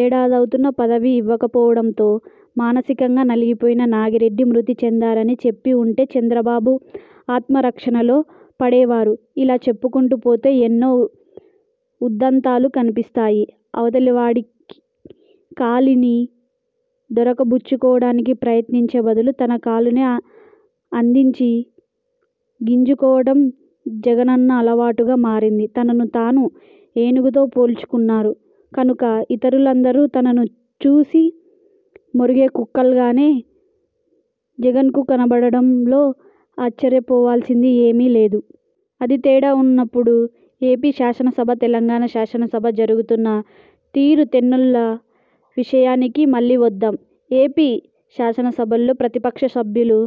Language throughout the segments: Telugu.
ఏడాది అవుతున్నా పదవి ఇవ్వకపోవడంతో మానసికంగా నలిగిపోయిన నాగిరెడ్డి మృతి చెందారని చెప్పి ఉంటే చంద్రబాబు ఆత్మరక్షణలో పడేవారు. ఇలా చెప్పుకొంటూ పోతే ఎన్నో ఉదంతాలు కనిపిస్తాయి. అవతలివాడి కాలిని దొరకబుచ్చుకోవడానికి ప్రయత్నించే బదులు తన కాలునే అందించి గింజుకోవడం జగన్కు అలవాటుగా మారింది. తనను తాను ఏనుగుతో పోల్చుకున్నారు కనుక ఇతరులందరూ తనను చూసి మొరిగే కుక్కలుగానే జగన్కు కనబడటంలో ఆశ్చర్యపోవలసింది ఏమీ లేదు. అదీ తేడా! ఇప్పుడు ఏపీ శాసనసభ- తెలంగాణ శాసనసభ జరుగుతున్న తీరుతెన్నుల విషయానికి మళ్లీ వద్దాం. ఏపీ శాసనసభలో ప్రతిపక్ష సభ్యులు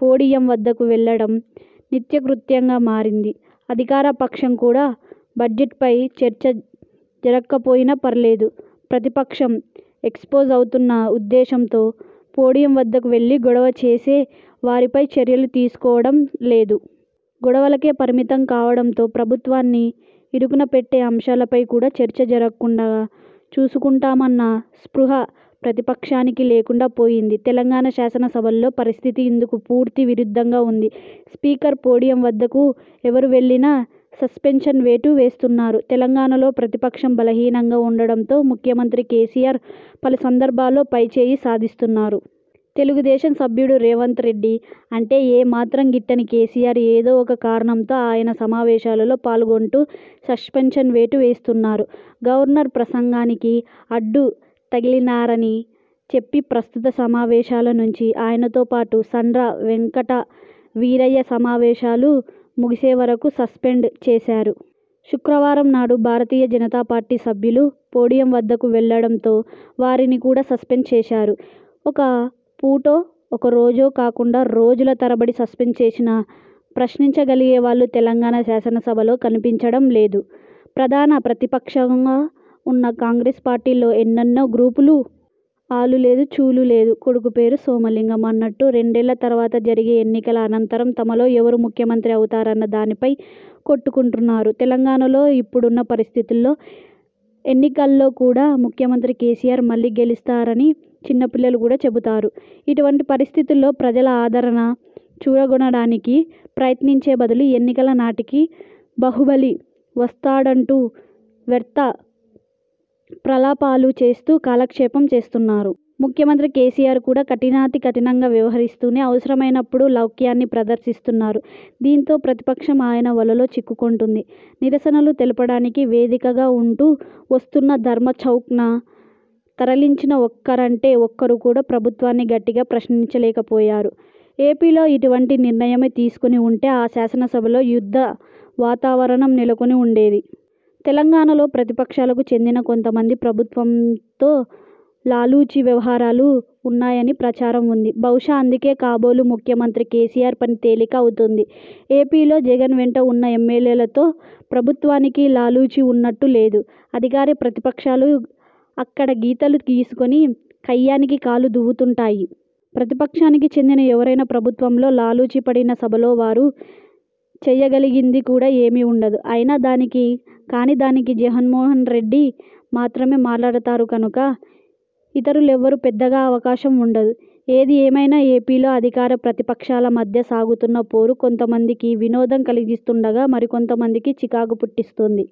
పోడియం వద్దకు వెళ్లడం నిత్యకృత్యంగా మారింది. అధికారపక్షం కూడా బడ్జెట్పై చర్చ జరగకపోయినా ఫర్వాలేదు. ప్రతిపక్షం ఎక్స్పోజ్ అవుతుందన్న ఉద్దేశంతో పోడియం వద్దకు వెళ్లి గొడవ చేసే వారిపై చర్యలు తీసుకోవడం లేదు. గొడవలకే పరిమితం కావడంతో ప్రభుత్వాన్ని ఇరుకునపెట్టే అంశాలపై కూడా చర్చ జరగకుండా చేసుకుంటున్నామన్న స్పృహ ప్రతిపక్షానికి లేకుండా పోయింది. తెలంగాణ శాసనసభలో పరిస్థితి ఇందుకు పూర్తి విరుద్ధంగా ఉంది. స్పీకర్ పోడియం వద్దకు ఎవరు వెళ్లినా సస్పెన్షన్ వేటు వేస్తున్నారు. తెలంగాణలో ప్రతిపక్షం బలహీనంగా ఉండటంతో ముఖ్యమంత్రి కేసీఆర్ పలు సందర్భాలలో పైచేయి సాధిస్తున్నారు. తెలుగుదేశం సభ్యుడు రేవంత్రెడ్డి అంటే ఏ మాత్రం గిట్టని కేసీఆర్, ఏదో ఒక కారణంతో ఆయన సమావేశాలలో పాల్గొంటూ సస్పెన్షన్ వేటు వేయిస్తున్నారు. గవర్నర్ ప్రసంగానికి అడ్డు తగిలీరారని చెప్పి ప్రస్తుత సమావేశాల నుంచి ఆయనతోపాటు సండ్ర వెంకట వీరయ్య సమావేశాలు ముగిసే వరకు సస్పెండ్ చేశారు. శుక్రవారంనాడు భారతీయ జనతా పార్టీ సభ్యులు పోడియం వద్దకు వెళ్లడంతో వారిని కూడా సస్పెండ్ చేశారు. ఒక పూటో, ఒక రోజో కాకుండా రోజుల తరబడి సస్పెండ్ చేసినా ప్రశ్నించగలిగేవాళ్లు తెలంగాణ శాసనసభలో కనిపించడం లేదు. ప్రధాన ప్రతిపక్షంగా ఉన్న కాంగ్రెస్ పార్టీలో ఎన్నెన్నో గ్రూపులు. 'ఆలూ లేదు చూలూ లేదు కొడుకు పేరు సోమలింగం' అన్నట్టు రెండేళ్ల తర్వాత జరిగే ఎన్నికల అనంతరం తమలో ఎవరు ముఖ్యమంత్రి అవుతారన్న దానిపై కొట్టుకుంటున్నారు. తెలంగాణలో ఇప్పుడున్న పరిస్థితులో ఎన్నికలలో కూడా ముఖ్యమంత్రి కేసీఆర్ మళ్లీ గెలుస్తారని చిన్నపిల్లలు కూడా చెబుతారు. ఇటువంటి పరిస్థితులో ప్రజల ఆదరణ చూరగొనడానికి ప్రయత్నించే బదులు ఎన్నికల నాటికి బాహుబలి వస్తాడంటూ వ్యర్థ ప్రలాపాలు చేస్తూ కాలక్షేపం చేస్తున్నారు. ముఖ్యమంత్రి కేసీఆర్ కూడా కఠినాతికఠినంగా వ్యవహరిస్తూనే అవసరమైనప్పుడు లౌక్యాన్ని ప్రదర్శిస్తున్నారు. దీంతో ప్రతిపక్షం ఆయన వలలో చిక్కుకుంటోంది. నిరసనలు తెలపడానికి వేదికగా ఉంటూ వస్తున్న ధర్నాచౌక్ను తరలించినా ఒక్కరంటే ఒక్కరు కూడా ప్రభుత్వాన్ని గట్టిగా ప్రశ్నించలేకపోయారు. ఏపీలో ఇటువంటి నిర్ణయమే తీసుకుని ఉంటే ఆ శాసనసభలో యుద్ధ వాతావరణం నెలకొని ఉండేది. తెలంగాణలో ప్రతిపక్షాలకు చెందిన కొంతమందికి ప్రభుత్వంతో లాలూచీ వ్యవహారాలు ఉన్నాయని ప్రచారం ఉంది. బహుశా అందుకే కాబోలు ముఖ్యమంత్రి కేసీఆర్ పని తేలిక అవుతోంది. ఏపీలో జగన్ వెంట ఉన్న ఎమ్మెల్యేలతో ప్రభుత్వానికి లాలూచీ ఉన్నట్టు లేదు. అధికార- ప్రతిపక్షాలు అక్కడ గీతలు గీసుకుని కయ్యానికి కాలు దువ్వుతుంటాయి. ప్రతిపక్షానికి చెందిన ఎవరైనా ప్రభుత్వంతో లాలూచీ పడినా సభలో వారు చేయగలిగింది కూడా ఏమీ ఉండదు. అయిన దానికీ, కాని దానికీ జగన్మోహన్రెడ్డి మాత్రమే మాట్లాడతారు కనుక ఇతరులెవ్వరు పెద్దగా అవకాశం ఉండదు. ఏదిఏమైనా ఏపీలో అధికార- ప్రతిపక్షాల మధ్య సాగుతున్న పోరు కొంతమందికి వినోదం కలిగిస్తుండగా, మరికొంతమందికి చికాకు పుట్టిస్తోంది.